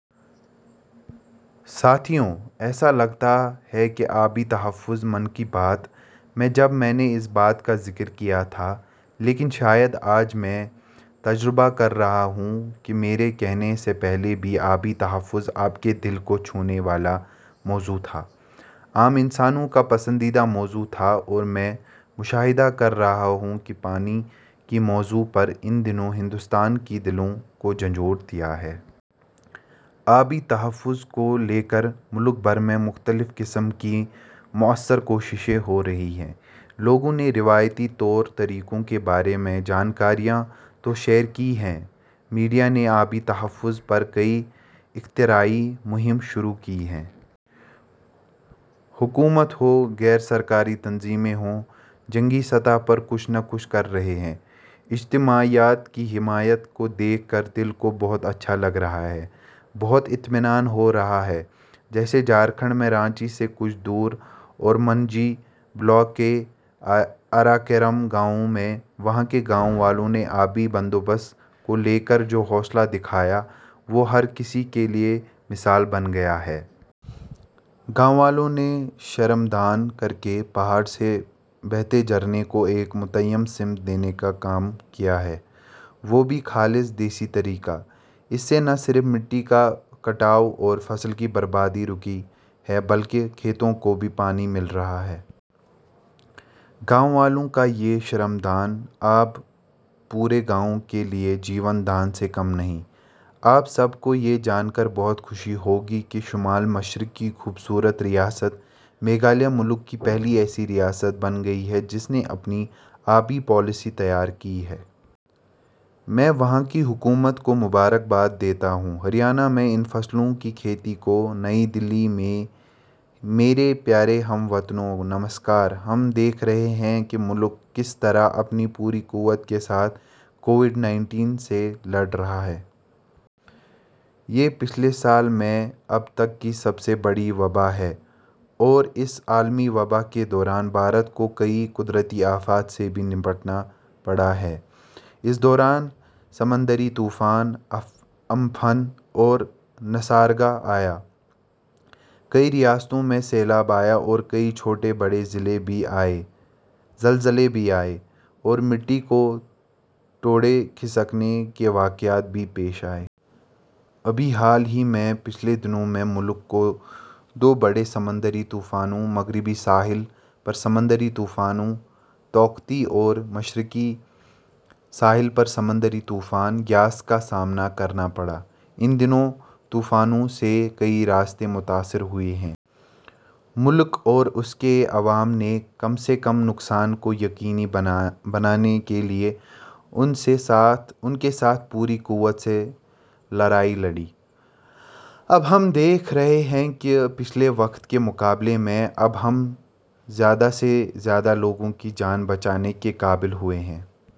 ساتھیوں؛ ایسا لگتا ہے کہ آبی تحفظ-'من کی بات' میں جب میں نے اس بات کا ذکر کیا تھا، لیکن شاید آج میں تجربہ کر رہا ہوں کہ میرے کہنے سے پہلے بھی آبی تحفظ یہ آپ کے دل کو چھونے والا موضوع تھا، عام انسانوں کا پسندیدہ موضوع تھا اور میں مشاہدہ کر رہا ہوں کہ پانی کے موضوع پر ان دنوں ہندوستان کے دلوں کو جھنجھوڑ دیا ہے۔ آبی تحفظ کو لے کر ملک بھر میں مختلف قسم کی مؤثر کوششیں ہو رہی ہیں۔ لوگوں نے روایتی طور طریقوں کے بارے میں جانکاریاں تو شیئر کی ہیں، میڈیا نے آبی تحفظ پر کئی اختراعی مہم شروع کی ہیں۔ حکومت ہو، غیرسرکاری تنظیموں ہوں- جنگی سطح پر کچھ نہ کچھ کر رہے ہیں۔ اجتماعیت کی حمایت کو دیکھ کر دل کو بہت اچھا لگ رہا ہے۔ بہت اطمینان ہو رہا ہے۔ جیسے جھارکھنڈ میں رانچی سے کچھ دور اورمانجھی بلاک کے آرا کیرم گاؤں میں وہاں کے گاؤں والوں نے آبی بندوبست کو لے کر جو حوصلہ دکھایا ہے وہ ہر کسی کے لیے مثال بن گیا ہے۔ گاؤں والوں نے شرم دان کرکے پہاڑ سے بہتے جھرنے کو ایک متعین سمت دینے کا کام کیا ہے۔ وہ بھی خالص دیسی طریقہ۔ اس سے نہ صرف مٹی کا کٹاؤ اور فصل کی بربادی رکی ہے بلکہ کھیتوں کو بھی پانی مل رہا ہے۔ گاؤں والو ںکا یہ شرم دان اب پورے گاؤں کے لیے جیون دان سے کم نہیں۔ آپ سب کو یہ جان کر بہت خوشی ہوگی کہ شمال مشرق کی خوبصورت ریاست میگھالیہ ملک کی پہلی ایسی ریاست بن گئی ہے جس نے اپنی آبی پالیسی تیار کی ہے۔ میں وہاں کی حکومت کو مبارک باد دیتا ہوں۔ ہریانہ میں ان فصلوں کی کھیتی کو. نئی دہلی۔ مئی میرے پیارے ہم وطنوں ، نمسکار۔ ہم دیکھ رہے ہیں کہ ملک کس طرح اپنی پوری قوت کے ساتھ کووڈ – سے لڑ رہا ہے۔ یہ پچھلے سال میں اب تک کی سب سے بڑی وباء ہے اور اس عالمی وباء کے دوران بھارت کو کئی قدرتی آفات سے بھی نمٹنا پڑا ہے۔ اس دوران سمندری طوفان ' امفن ' اور نسرگ آیا ، کئی ریاستوں میں سیلاب آئے اور کئی چھوٹے بڑے زلزلے بھی آئے اور مٹی کے تودے کھسکنے کے واقعات بھی پیش آئے۔ ابھی حال ہی میں ، پچھلے دنوں میں ملک کو دو بڑے سمندری طوفانوں – مغربی ساحل پر سمندری طوفان تاوتے اور مشرقی ساحل پر سمندری طوفان یاس کا سامنا کرنا پڑا۔ ان دونوں طوفانوں سے کئی ریاستیں متاثر ہوئی ہیں۔ ملک اور اس کے عوام نے کم سے کم نقصان کو یقینی بنانے کے لئے ، ان کے ساتھ پوری قوت سے لڑائی لڑی۔ اب ہم دیکھ رہے ہیں کہ پچھلے وقت کےمقابلے ، اب ہم زیادہ سے زیادہ لوگوں کی جان بچانے کے قابل ہوئے ہیں۔